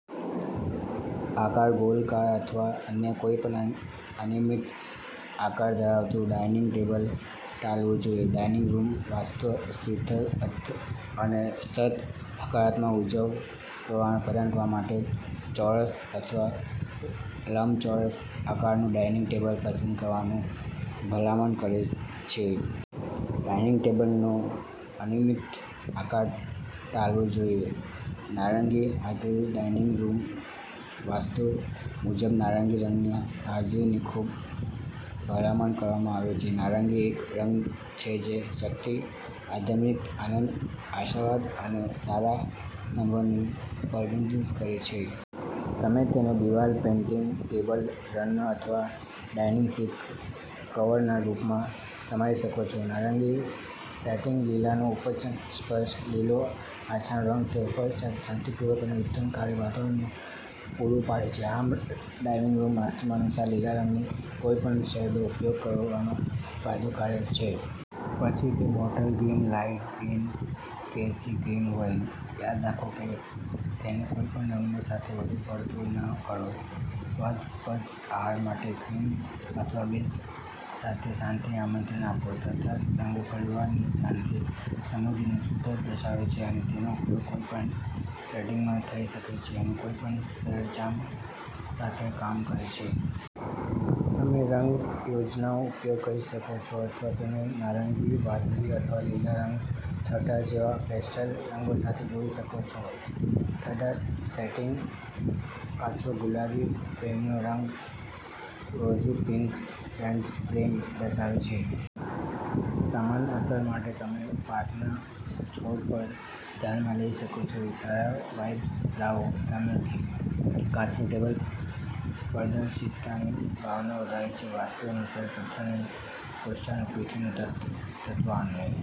આકાર ગોલકાર અથવા અન્ય કોઈપન અ અનિયમિત આકાર ધરાવતું ડાઈનિંગ ટેબલ ટાળવું જોઈએ. ડાઇનિંગ રૂમ વાસ્તુ સ્થિરતા અને સત હકારાત્મક ઊર્જાઓ પ્રવાહ પ્રદાન કરવા માટે ચોરસ અથવા લંબચોરસ આકારનું ડાઇનિંગ ટેબલ પસંદ કરવાની ભલામણ કરે છે. ડાઇનિંગ ટેબલનો અનિયમિત આકાર ટાળવો જોઈએ. નારંગીની હાજરી. ડાઇનિંગ રૂમ વાસ્તુ મુજબ નારંગી રંગની હાજરીની ખૂબ ભલામણ કરવામાં આવે છે. નારંગી એક રંગ છે જે શક્તિ, આધ્યાત્મિક, આનંદ, આશાવાદ અને સારા સંબંધો પ્રતિનિધિત્વ કરે છે. તમે તેને દિવાલ પેઇન્ટિંગ, ટેબલ રનર અથવા ડાઇનિંગ સીટ કવરના રૂપમાં સમાવી શકો છો. નારંગી સેટિંગ. લીલાનો ઉપચારાત્મક સ્પર્શ. લીલો આશાનો રંગ છે. તે ઉપચારાત્મક, શાંતિપૂર્ણ અને ઉત્થાનકારી વાતાવરણ પૂરું પાડે છે. આમ, ડાઇનિંગ રૂમ વાસ્તુ અનુસાર લીલા રંગની કોઈપણ શેડનો ઉપયોગ કરવો ફાયદદકારક છે. પછી તે બોટલ ગ્રીન, લાઇટ ગ્રીન કે સી ગ્રીન હોય. યાદ રાખો કે તેને કોઈપણ રંગો સાથે વધુ પડતું ન કરો. સ્વાસ્થ્યપ્રદ આહાર માટે ક્રીમ અથવા બેજ સાથે શાંતિ આમંત્રણ આપો. તટસ્થ રંગો પરિવારની શાંતિ, સમૃદ્ધિ અને શુદ્ધતા દર્શાવે છે અને તેનો ઉપયોગ કોઈપણ સેટિંગમાં થઈ શકે છે અને કોઈપણ સરંજામ સાથે કામ કરે છે. તમે રંગ યોજનાઓ ઉપયોગ કરી શકો છો અથવા તેને નારંગી, વાદળી અથવા લીલા રંગછટા જેવા પેસ્ટલ રંગો સાથે જોડી શકો છો. તટસ્થ સેટિંગ. આછો ગુલાબી, પ્રેમનો રંગ. રોઝી પિંક શેડ્સ પ્રેમ દર્શાવે છે. સમાન અસર માટે તમે વાંસના છોડ પણ ધ્યાનમાં લઈ શકો છો. સારા વાઇબ્સ લાવો. સામગ્રી. કાચનું ટેબલ પારદર્શિતાની ભાવના વધારે છે. વાસ્તુ અનુસાર, પથ્થરની કોષ્ટકો પૃથ્વીના તત્વ તત્વોને